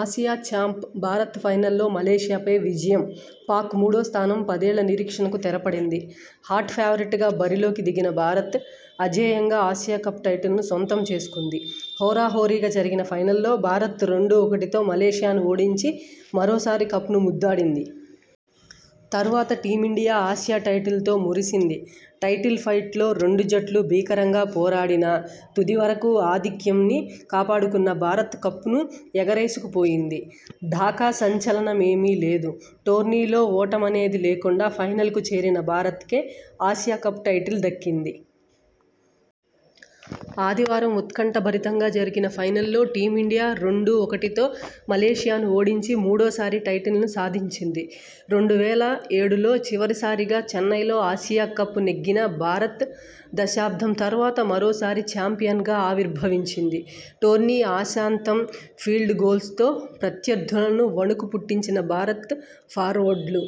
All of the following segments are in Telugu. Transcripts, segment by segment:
ఆసియా చాంప్ భారత్ ఫైనల్లో మలేసియాపై విజయం పాక్కు మూడో స్థానం పదేళ్ల నిరీక్షణకు తెరపడింది. హాట్ ఫేవరెట్ గా బరిలోకి దిగిన భారత్. అజేయంగా ఆసియా కప్ టైటిల్ ను సొంతం చేసుకుంది. హోరాహోరీగా జరిగిన ఫైనల్ లో భారత్ రెండు ఒకటితో మలేసియాను ఓడించి మరోసారి కప్ ను ముద్దాడింది. తర్వాత టీమిండియా ఆసియా టైటిల్ తో మురిసింది. టైటిల్ ఫైట్ లో రెండు జట్లూ భీకరంగా పోరాడినా. తుది వరకు ఆధిక్యం ని కాపాడుకున్న భారత్ కప్ ను ఎగరేసుకుపోయింది. ఢాకా సంచలనమేమీ లేదు. టోర్నీలో ఓటమనేదే లేకుండా ఫైనల్ కు చేరిన భారత్ కే ఆసియా కప్ టైటిల్ దక్కింది. ఆదివారం ఉత్కంఠభరితంగా జరిగిన ఫైనల్ లో టీం ఇండియా రెండు ఒకటితో మలేసియాను ఓడించి మూడోసారి టైటిల్ను సాధించింది. రెండు వేల ఏడులో చివరిసారిగా చెన్నైలో ఆసియా కప్ నెగ్గిన భారత్. దశాబ్దం తర్వాత మరో సారి చాంపియన్ గా ఆవిర్భవించింది. టోర్నీ ఆసాంతం ఫీల్డ్ గోల్స్ తో ప్రత్య ర్థులను వణకు పుట్టించిన భారత ఫార్వర్డ్లు.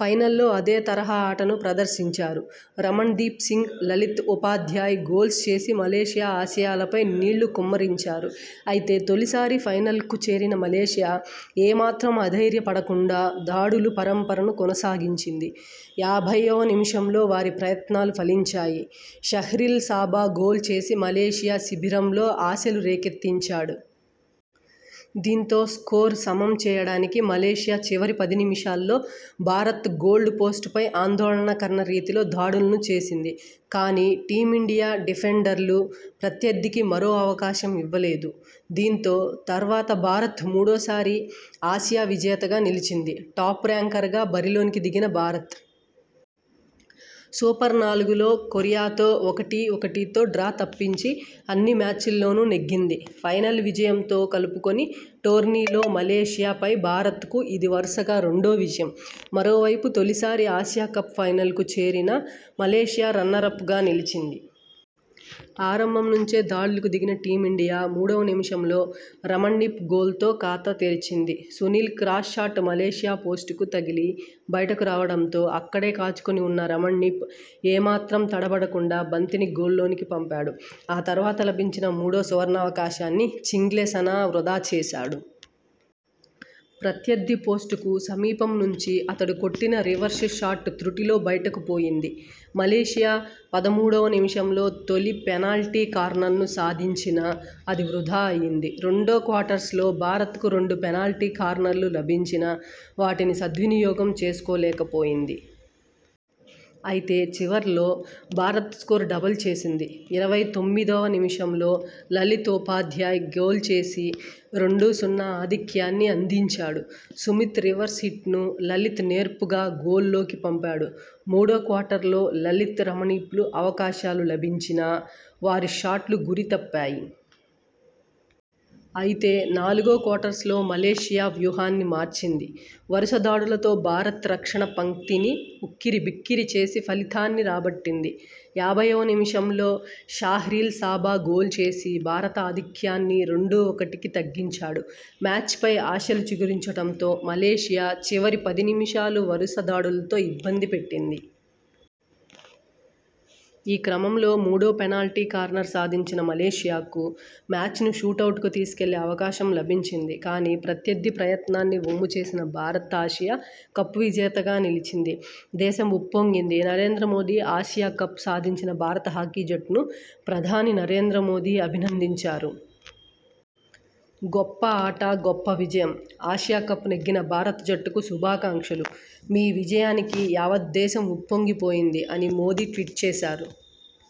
ఫైనల్లో అదే తరహా ఆటను ప్రదర్శించారు. రమణ్దీప్ సింగ్, లలిత్ ఉపాధ్యాయ్ గోల్స్ చేసి మలేసియా ఆశలపై నీళ్లు కుమ్మరించారు. అయితే తొలిసారి ఫైనల్కు చేరిన మలేసియా ఏమాత్రం అధైర్యపడకుండా దాడుల పరంపరను కొనసాగించింది. యాభైవ నిమిషంలో వారి ప్రయత్నాలు ఫలించాయి. షహ్రీల్ సాబా గోల్ చేసి మలేసియా శిబిరంలో ఆశలు రేకెత్తించాడు. దీంతో స్కోరు సమం చేయడానికి మలేసియా చివరి పది నిమిషాల్లో భారత గోల్డ్ పోస్ట్ పై ఆందోళనకర రీతిలో దాడులను చేసింది. కానీ, టీం ఇండియా డిఫెండర్లు ప్రత్యర్థికి మరో అవకాశం ఇవ్వలేదు. దీంతో, తర్వాత భారత్ మూడోసారి ఆసియా విజేతగా నిలిచింది. టాప్ ర్యాంకర్ గా బరిలోకి దిగిన భారత్. సూపర్ నాలుగులో కొరియాతో ఒకటి ఒకటితో డ్రా తప్పించి అన్ని మ్యాచ్ల్లోనూ నెగ్గింది. ఫైనల్ విజయంతో కలుపుకుని టోర్నీలో మలేసియా పై భారత్ కు ఇది వరుసగా రెండో విజయం. మరో వైపు తొలిసారి ఆసియా కప్ ఫైనల్ కు చేరిన మలేసియా రన్నరప్ గా నిలిచింది. ఆరంభం నుంచే దాడులకు దిగిన టీం ఇండియా మూడువ నిమిషంలో రమణ్దీప్ గోల్ తో ఖాతా తెరిచింది. సునీల్ క్రాస్ షాట్ మలేసియా పోస్టుకు తగిలి బయటకు రావడంతో అక్కడే కాచుకుని ఉన్న రమణ్దీప్ ఏమాత్రం తడబడకుండా బంతిని గోల్లోనికి పంపాడు. ఆ తర్వాత లభించిన మరో సువర్ణావకాశాన్ని చింగ్లేసనా వృథా చేశాడు. ప్రత్యర్థి పోస్టుకు సమీపం నుంచి అతడు కొట్టిన రివర్స్ షాట్ త్రుటిలో బయటకు పోయింది. మలేసియా పదమూడువ నిమిషంలో తొలి పెనాల్టీ కార్నర్ ను సాధించినా అది వృథా అయింది. రెండో క్వార్టర్స్ లో భారత్ కు రెండు పెనాల్టీ కార్నర్ లు లభించినా వాటిని సద్వినియోగం చేసుకోలేక పోయింది. అయితే చివర్లో భారత్ స్కోరు డబుల్ చేసింది. ఇరవై తొమ్మిదివ నిమిషంలో లలిత్ ఉపాధ్యాయ్ గోల్చేసి రెండు సున్నా ఆధిక్యాన్ని అందించాడు. సుమీత్ రివర్స్ హిట్ను లలిత్ నేర్పుగా గోల్ లోకి పంపాడు. మూడో క్వార్టర్ లో లలిత్, రమణ్దీప్ కు అవకాశాలు లభించినా వారి షాట్లు గురి తప్పాయి. అయితే నాలుగో క్వార్టర్స్ లో మలేసియా వ్యూహాన్ని మార్చింది. వరుస దాడులతో భారత్ రక్షణ పంక్తిని ఉక్కిరిబిక్కిరి చేసి ఫలితాన్ని రాబట్టింది. యాభైవ నిమిషంలో షహ్రీల్ సాబా గోల్ చేసి భారత ఆధిక్యాన్ని రెండు ఒకటికి తగ్గించాడు. మ్యాచ్ పై ఆశలు చిగురించడంతో మలేసియా చివరి పది నిమిషాలు వరుస దాడులతో ఇబ్బంది పెట్టింది. ఈ క్రమంలో మూడో పెనాల్టీ కార్నర్ సాధించిన మలేసియాకు మ్యాచ్ ను షూటౌట్ కు తీసుకెళ్లే అవకాశం లభించింది. కానీ, ప్రత్యర్థి ప్రయత్నాన్ని వమ్ము చేసిన భారత్ ఆసియా కప్ విజేతగా నిలిచింది. దేశం ఉప్పొంగింది.. నరేంద్ర మోదీ ఆసియా కప్ సాధించిన భారత హాకీ జట్టును ప్రధాని నరేంద్ర మోదీ అభినందించారు. 'గొప్ప ఆట గొప్ప విజయం. ఆసియా కప్ నెగ్గిన భారత జట్టుకు శుభాకాంక్షలు. మీ విజయానికి యావద్దేశం ఉప్పొంగి పోయింది' అని మోదీ ట్వీట్ చేశారు.